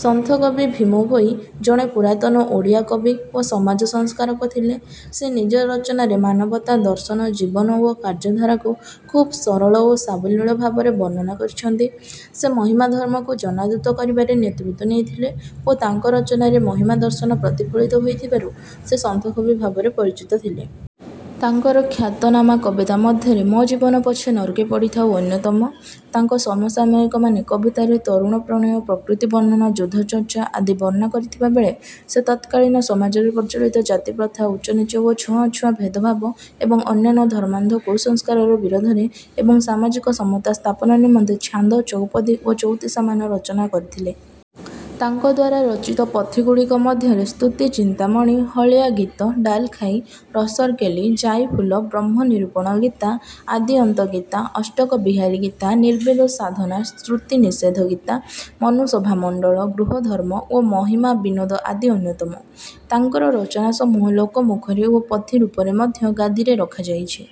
ସନ୍ଥକବି ଭୀମ ଭୋଇ ଜଣେ ପୁରାତନ ଓଡ଼ିଆ କବି ଓ ସମାଜ ସଂସ୍କାରକ ଥିଲେ। ସେ ନିଜ ରଚନାରେ ମାନବତା, ଦର୍ଶନ, ଜୀବନ ଓ କାର୍ଯ୍ୟ ଧାରାକୁ ଖୁବ ସରଳ ଓ ସାବଲୀଳ ଭାବରେ ବର୍ଣ୍ଣନା କରିଛନ୍ତି। ସେ ମହିମା ଧର୍ମକୁ ଜନାଦୃତ କରିବାରେ ନେତୃତ୍ୱ ନେଇଥିଲେ ଓ ତାଙ୍କ ରଚନାରେ ମହିମା ଦର୍ଶନ ପ୍ରତିଫଳିତ ହୋଇଥିବାରୁ ସେ "ସନ୍ଥ କବି" ଭାବରେ ପରିଚିତ ଥିଲେ। ତାଙ୍କର ଖ୍ୟାତନାମା କବିତା ମଧ୍ୟରେ "ମୋ ଜୀବନ ପଛେ ନର୍କେ ପଡ଼ିଥାଉ" ଅନ୍ୟତମ। ତାଙ୍କ ସମସାମୟିକମାନେ କବିତାରେ ତରୁଣ ପ୍ରଣୟ, ପ୍ରକୃତି ବର୍ଣ୍ଣନା, ଯୁଦ୍ଧଚର୍ଚ୍ଚା ଆଦି ବର୍ଣ୍ଣା କରିଥିବା ବେଳେ ସେ ତତ୍କାଳୀନ ସମଜରେ ପ୍ରଚଳିତ ଜାତିପ୍ରଥା, ଉଚ୍ଚନୀଚ ଓ ଛୁଆଁଅଛୁଆଁ ଭେଦଭାବ ଏବଂ ଅନ୍ୟାନ୍ୟ ଧର୍ମାନ୍ଧ କୁସଂସ୍କାରର ବିରୋଧରେ ଏବଂ ସାମାଜିକ ସମତା ସ୍ଥାପନା ନିମନ୍ତେ ଛାନ୍ଦ, ଚଉପଦୀ ଓ ଚଉତିଶାମାନ ରଚନା କରିଥିଲେ। ତାଙ୍କଦ୍ୱାରା ରଚିତ ପୋଥିଗୁଡ଼ିକ ମଧ୍ୟରେ ସ୍ତୁତିଚିନ୍ତାମଣି, ହଳିଆ ଗୀତ, ଡାଲଖାଈ, ରସରକେଲି, ଯାଇଫୁଲ, ବ୍ରହ୍ମ ନିରୂପଣ ଗୀତା, ଆଦିଅନ୍ତ ଗୀତା, ଅଷ୍ଟକ ବିହାରୀ ଗୀତା, ନିର୍ବେଦ ସାଧନା, ଶ୍ରୁତିନିଷେଧ ଗୀତା, ମନୁସଭାମଣ୍ଡଳ, ଗୃହଧର୍ମ ଓ ମହିମାବିନୋଦ ଆଦି ଅନ୍ୟତମ। ତାଙ୍କର ରଚନାସମୂହ ଲୋକମୁଖରେ ଓ ପୋଥି ରୂପରେ ମଧ୍ୟ ଗାଦିରେ ରଖାଯାଇଛି।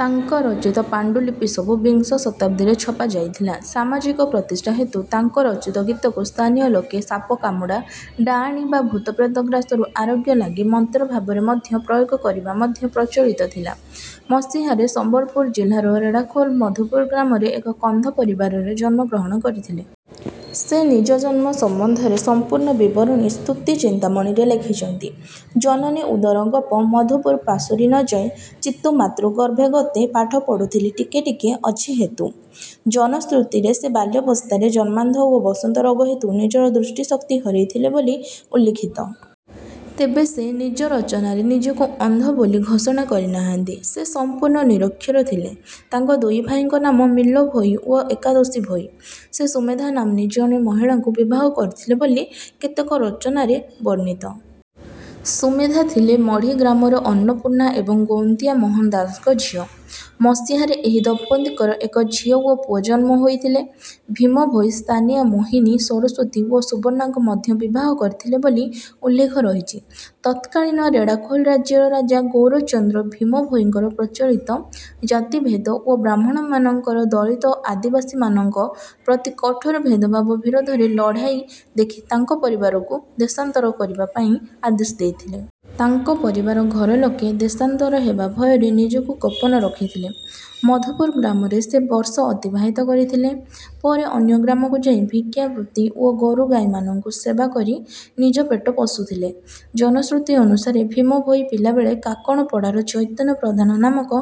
ତାଙ୍କ ରଚିତ ପାଣ୍ଡୁଲିପିସବୁ ବିଂଶ ଶତାବ୍ଦୀରେ ଛପାଯାଇଥିଲା। ସାମାଜିକ ପ୍ରତିଷ୍ଠା ହେତୁ ତାଙ୍କ ରଚିତ ଗୀତକୁ ସ୍ଥାନୀୟ ଲୋକେ ସାପକାମୁଡ଼ା, ଡାଆଣୀ ବା ଭୂତପ୍ରେତ ଗ୍ରାସରୁ ଆରୋଗ୍ୟ ଲାଗି ମନ୍ତ୍ର ଭାବରେ ମଧ୍ୟ ପ୍ରୟୋଗ କରିବା ମଧ୍ୟ ପ୍ରଚଳିତ ଥିଲା। ମସିହାରେ ସମ୍ବଲପୁର ଜିଲ୍ଲାର ରେଢ଼ାଖୋ ଲର ମଧୁପୁର ଗ୍ରାମରେ ଏକ କନ୍ଧ ପରିବାରରେ ଜନ୍ମଗ୍ରହଣ କରିଥିଲେ। ସେ ନିଜ ଜନ୍ମ ସମ୍ବନ୍ଧରେ ସମ୍ପୂର୍ଣ୍ଣ ବିବରଣୀ ସ୍ତୁତି ଚିନ୍ତାମଣିରେ ଲେଖିଛନ୍ତି: ଜନନୀ ଉଦର ଗୋପ ମଧୁପୁର ପାଶୋରି ନ ଯାଏ ଚିତ୍ତୁ ମାତୃଗର୍ଭେଗତେ ପାଠ ପଢ଼ୁଥିଲି ଟିକେ ଟିକେ ଅଛି ହେତୁ।। ଜନଶ୍ରୁତିରେ ସେ ବାଲ୍ୟାବସ୍ଥାରେ ଜନ୍ମାନ୍ଧ ଓ ବସନ୍ତ ରୋଗ ହେତୁ ନିଜର ଦୃଷ୍ଟିଶକ୍ତି ହରାଇଥିଲେ ବୋଲି ଉଲ୍ଲିଖିତ। ତେବେ ସେ ନିଜ ରଚନାରେ ନିଜକୁ ଅନ୍ଧ ବୋଲି ଘୋଷଣା କରିନାହାନ୍ତି। ସେ ସମ୍ପୂର୍ଣ୍ଣ ନିରକ୍ଷର ଥିଲେ। ତାଙ୍କ ଦୁଇ ଭାଇଙ୍କ ନାମ ମିଲ୍ଲ ଭୋଇ ଓ ଏକାଦୋଷୀ ଭୋଇ। ସେ ସୁମେଧା ନାମ୍ନୀ ଜଣେ ମହିଳାଙ୍କୁ ବିବାହ କରିଥିଲେ ବୋଲି କେତେକ ରଚନାରେ ବର୍ଣ୍ଣିତ। ସୁମେଧା ଥିଲେ ମଢ଼ି ଗ୍ରାମର ଅନ୍ନପୂର୍ଣ୍ଣା ଏବଂ ଗୌନ୍ତିଆ ମୋହନ ଦାସଙ୍କ ଝିଅ। ମସିହାରେ ଏହି ଦମ୍ପତ୍ତିଙ୍କର ଏକ ଝିଅ ଓ ପୁଅ ଜନ୍ମ ହୋଇଥିଲେ। ଭୀମ ଭୋଇ ସ୍ଥାନୀୟା ମୋହିନୀ, ସରସ୍ୱତୀ ଓ ସୁବର୍ଣ୍ଣାଙ୍କୁ ମଧ୍ୟ ବିବାହ କରିଥିଲେ ବୋଲି ଉଲ୍ଲେଖ ରହିଛି। ତତ୍କାଳୀନ ରେଢ଼ାଖୋଲ ରାଜ୍ୟର ରାଜା ଗୌରଚନ୍ଦ୍ର ଭୀମ ଭୋଇଙ୍କର ପ୍ରଚଳିତ ଜାତି ଭେଦ ଓ ବ୍ରାହ୍ମଣମାନଙ୍କର ଦଳିତ ଓ ଆଦିବାସୀମାନଙ୍କ ପ୍ରତି କଠୋର ଭେଦଭାବ ବିରୋଧରେ ଲଢ଼ାଇ ଦେଖି ତାଙ୍କ ପରିବାରକୁ ଦେଶାନ୍ତର କରିବା ପାଇଁ ଆଦେଶ ଦେଇଥିଲେ। ତାଙ୍କ ପରିବାର ଘରଲୋକେ ଦେଶାନ୍ତର ହେବା ଭୟରେ ନିଜକୁ ଗୋପନ ରଖିଥିଲେ। ମଧୁପୁର ଗ୍ରାମରେ ସେ ବର୍ଷ ଅତିବାହିତ କରିଥିଲେ। ପରେ ଅନ୍ୟ ଗ୍ରାମକୁ ଯାଇ ଭିକ୍ଷା ବୃତ୍ତି ଓ ଗୋରୁଗାଈମାନଙ୍କୁ ସେବା କରି ନିଜ ପେଟ ପୋଷୁଥିଲେ। ଜନଶ୍ରୁତି ଅନୁସାରେ ଭୀମ ଭୋଇ ପିଲା ବେଳେ କାକଣପଡ଼ାର ଚୈତନ୍ୟ ପ୍ରଧାନ ନାମକ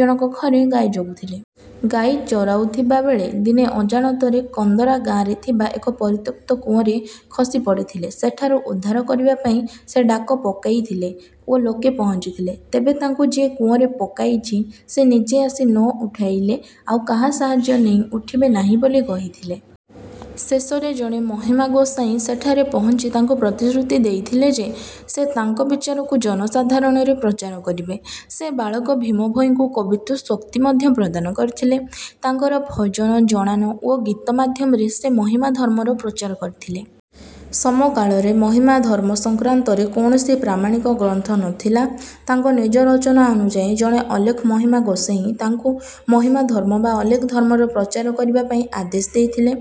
ଜଣକ ଘରେ ଗାଈ ଜଗୁଥିଲେ। ଗାଈ ଚରାଉ ଥିବା ବେଳେ ଦିନେ ଅଜାଣତରେ କନ୍ଦରା ଗାଁରେ ଥିବା ଏକ ପରିତ୍ୟକ୍ତ କୂଅରେ ଖସିପଡ଼ିଥିଲେ। ସେଠାରୁ ଉଦ୍ଧାର କରିବାପାଇଁ ସେ ଡାକ ପକାଇଥିଲେ ଓ ଲୋକେ ପହଞ୍ଚିଥିଲେ। ତେବେ ତାଙ୍କୁ ଯିଏ କୂଅରେ ପକାଇଛି ସେ ନିଜେ ଆସି ନ ଉଠାଇଲେ ଆଉ କାହା ସାହାଯ୍ୟ ନେଇ ଉଠିବେ ନାହିଁ ବୋଲି କହିଥିଲେ। ଶେଷରେ ଜଣେ ମହିମା ଗୋସାଇଁ ସେଠାରେ ପହଞ୍ଚି ତାଙ୍କୁ ପ୍ରତିଶ୍ରୁତି ଦେଇଥିଲେ ଯେ ସେ ତାଙ୍କ ବିଚାରକୁ ଜନସାଧାରଣରେ ପ୍ରଚାର କରିବେ। ସେ ବାଳକ ଭୀମଭୋଇଙ୍କୁ କବିତ୍ୱ-ଶକ୍ତି ମଧ୍ୟ ପ୍ରଦାନ କରିଥିଲେ। ତାଙ୍କର ଭଜନ, ଜଣାଣ ଓ ଗୀତ ମାଧ୍ୟମରେ ସେ ମହିମା ଧର୍ମର ପ୍ରଚାର କରିଥିଲେ। ସମକାଳରେ ମହିମାଧର୍ମ ସଂକ୍ରାନ୍ତରେ କୌଣସି ପ୍ରାମାଣିକ ଗ୍ରନ୍ଥ ନଥିଲା। ତାଙ୍କ ନିଜ ରଚନା ଅନୁଯାୟୀ ଜଣେ ଅଲେଖ ମହିମା ଗୋସାଇଁ ତାଙ୍କୁ ମହିମା ଧର୍ମ ବା ଅଲେଖ ଧର୍ମର ପ୍ରଚାର କରିବାପାଇଁ ଆଦେଶ ଦେଇଥିଲେ।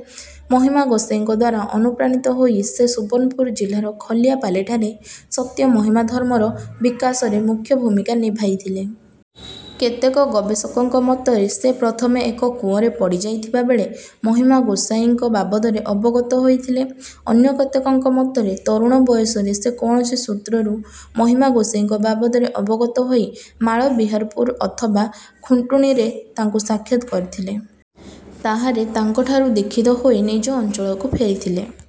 ମହିମା ଗୋସାଇଁଙ୍କଦ୍ୱାରା ଅନୁପ୍ରାଣିତ ହୋଇ ସେ ସୁବର୍ଣ୍ଣପୁର ଜିଲ୍ଲାର ଖଲିଆପାଲିଠାରେ ସତ୍ୟ ମହିମା ଧର୍ମର ବିକାଶରେ ମୁଖ୍ୟ ଭୂମିକା ନିଭାଇଥିଲେ। କେତେକ ଗବେଷକଙ୍କ ମତରେ ସେ ପ୍ରଥମେ ଏକ କୂଅରେ ପଡ଼ିଯାଇଥିବା ବେଳେ ମହିମା ଗୋସାଇଁଙ୍କ ବାବଦରେ ଅବଗତ ହୋଇଥିଲେ। ଅନ୍ୟ କେତେକଙ୍କ ମତରେ ତରୁଣ ବୟସରେ ସେ କୌଣସି ସୂତ୍ରରୁ ମହିମା ଗୋସାଇଁଙ୍କ ବାବଦରେ ଅବଗତ ହୋଇ ମାଳବିହାରପୁର ଅଥବା ଖୁଣ୍ଟୁଣିରେ ତାଙ୍କୁ ସାକ୍ଷାତ କରିଥିଲେ। ତାହାରେ ତାଙ୍କଠାରୁ ଦୀକ୍ଷିତ ହୋଇ ନିଜ ଅଞ୍ଚଳକୁ ଫେରିଥିଲେ।